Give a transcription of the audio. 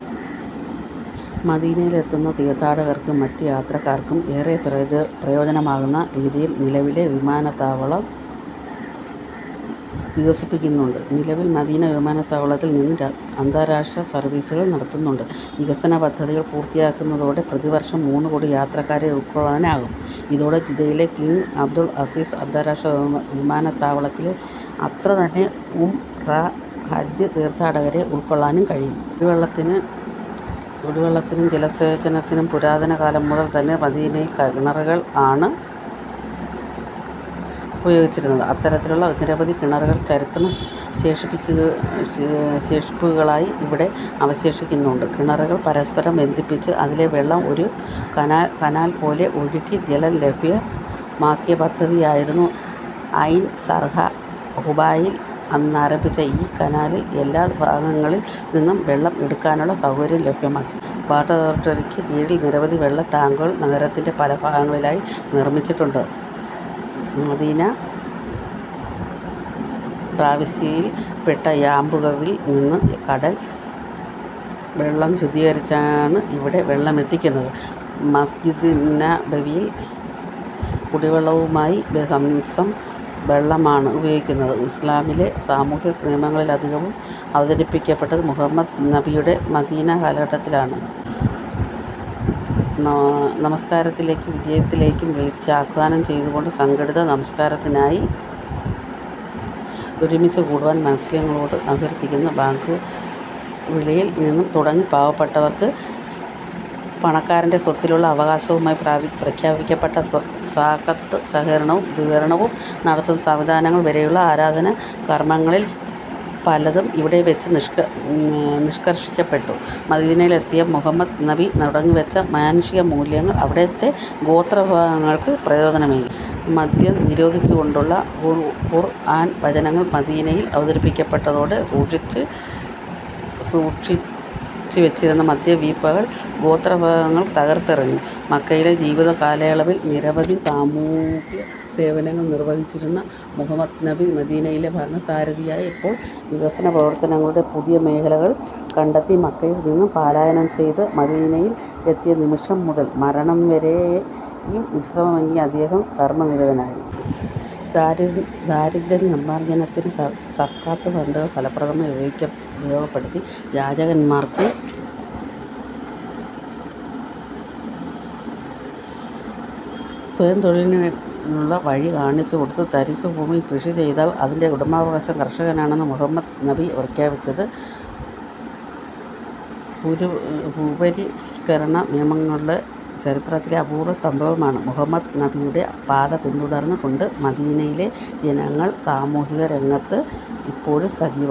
മദീനയിലെത്തുന്ന തീർഥാടകർക്കും മറ്റു യാത്രക്കാർക്കും ഏറെ പ്രയോജനമാകുന്ന രീതിയിൽ നിലവിലെ വിമാനത്താവളം വികസിപ്പിക്കുന്നുണ്ട്. നിലവിൽ മദീന വിമാനത്താവളത്തിൽ നിന്ന് അന്താരാഷ്ട്ര സർവീസുകൾ നടത്തുന്നുണ്ട്. വികസന പദ്ധതികൾ പൂർത്തിയാകുന്നതോടെ പ്രതിവർഷം മൂന്നുകോടി യാത്രക്കാരെ ഉൾക്കൊള്ളാനാകും. ഇതോടെ ജിദ്ദയിലെ കിങ് അബ്ദുൽ അസീസ് അന്താരാഷ്ട്ര വിമാനത്താവളത്തിലെ അത്ര തന്നെ ഉംറ, ഹജ്ജ് തീർത്ഥാടകരെ ഉൾക്കൊള്ളാനും കഴിയും. കുടിവെള്ളത്തിനും ജലസേചനത്തിനും പുരാതന കാലം മുതൽ തന്നെ മദീനയിൽ കിണറുകൾ ആണ് ഉപയോഗിച്ചിരുന്നത്. അത്തരത്തിലുള്ള നിരവധി കിണറുകൾ ചരിത്ര ശേഷിപ്പുകളായി ഇവിടെ അവശേഷിക്കുന്നുണ്ട്. കിണറുകൾ പരസ്പരം ബന്ധിപ്പിച്ചു അതിലെ വെള്ളം ഒരു കനാൽ പോലെ ഒഴുക്കി ജലം ലഭ്യമാക്കിയ പദ്ധതിയായിരുന്നു ഐൻ സർഖ. ഖുബായിൽ നിന്നാരംഭിച്ച ഈ കനാലിൽ എല്ലാ ഭാഗങ്ങളിൽ നിന്നും വെള്ളം എടുക്കാനുള്ള സൗകര്യവും ലഭ്യമാക്കി. വാട്ടർ അതോറിറ്റിക്കു കീഴിൽ നിരവധി വെള്ള ടാങ്കുകൾ നഗരത്തിന്റെ പല ഭാഗങ്ങളിലായി നിർമിച്ചിട്ടുണ്ട്. മദീന പ്രവിശ്യയിൽ പെട്ട യാമ്പുവിൽ നിന്നും കടൽ വെള്ളം ശുദ്ധീകരിച്ചാണ് ഇവിടെ വെള്ളമെത്തിക്കുന്നത്. മസ്ജിദുന്നബവിയിൽ കുടിവെള്ളമായി സംസം വെള്ളമാണ് ഉപയോഗിക്കുന്നത്. ഇസ്ലാമിലെ സാമൂഹ്യ നിയമങ്ങളിലധികവും അവതരിക്കപ്പെട്ടത് മുഹമ്മദ് നബിയുടെ മദീനാ കാലഘട്ടത്തിലാണ്. നമസ്കാരത്തിലേക്കും വിജയത്തിലേക്കും വിളിച്ചാഹ്വാനം ചെയ്തുകൊണ്ട് സംഘടിത നമസ്കാരത്തിനായി ഒരുമിച്ച് കൂടുവാൻ മുസ്ലിംകളോട് അഭ്യർഥിക്കുന്ന ബാങ്കുവിളിയിൽ നിന്ന് തുടങ്ങി പാവപ്പെട്ടവർക്ക് പണക്കാരന്റെ സ്വത്തിലുള്ള അവകാശമായി പ്രഖ്യാപിക്കപ്പെട്ട സകാത്ത് ശേഖരണവും വിതരണവും നടത്തുന്ന സംവിധാനങ്ങൾ വരെയുള്ള ആരാധനാകർമങ്ങളിൽ പലതും ഇവിടെ വെച്ച് നിഷ്കർഷിക്കപ്പെട്ടു. മദീനയിലെത്തിയ മുഹമ്മദ് നബി തുടങ്ങിവെച്ച മാനുഷിക മൂല്യങ്ങൾ അവിടുത്തെ ഗോത്ര വിഭാഗങ്ങൾക്കും പ്രചോദനമേകി. മദ്യം നിരോധിച്ചുകൊണ്ടുള്ള ഖുർആൻ വചനങ്ങൾ മദീനയിൽ അവതരിക്കപ്പെട്ടതോടെ സൂക്ഷിച്ചു വെച്ചിരുന്ന മദ്യവീപ്പകൾ ഗോത്ര വിഭാഗങ്ങങ്ങൾ തകർത്തെറിഞ്ഞു. മക്കയിലെ ജീവിത കാലയളവിൽ നിരവധി സാമൂഹ്യ സേവനങ്ങൾ നിർവഹിച്ചിരുന്ന മുഹമ്മദ് നബി മദീനയിലെ ഭരണസാരഥിയായപ്പോൾ വികസന പ്രവർത്തനങ്ങളുടെ പുതിയ മേഖലകൾ കണ്ടെത്തി. മക്കയിൽ നിന്ന് പലായനം ചെയ്ത് മദീനയിൽ എത്തിയ നിമിഷം മുതൽ മരണം വരെയും വിശ്രമമന്യേ അദ്ദേഹം കർമ്മ നിരതനായി. ദാരിദ്ര്യ നിർമാർജ്ജനത്തിന് സക്കാത്ത് ഫണ്ടുകൾ ഫലപ്രദമായി ഉപയോഗപ്പെടുത്തി. യാചകന്മാർക്ക് സ്വയം തൊഴിലിനുള്ള വഴി കാണിച്ചുകൊടുത്തു. തരിശ് ഭൂമി കൃഷി ചെയ്താൽ അതിന്റെ ഉടമാവകാശം കർഷകനാണെന്ന് മുഹമ്മദ് നബി പ്രഖ്യാപിച്ചത് ഭൂപരിഷ്കരണ നിയമങ്ങളുടെ ചരിത്രത്തിലെ അപൂർവ സംഭവമാണ്. മുഹമ്മദ് നബിയുടെ പാത പിന്തുടർന്ന് കൊണ്ട് മദീനയിലെ ജനങ്ങൾ സാമൂഹിക രംഗത്ത് ഇപ്പോഴും സജീവമാണ്.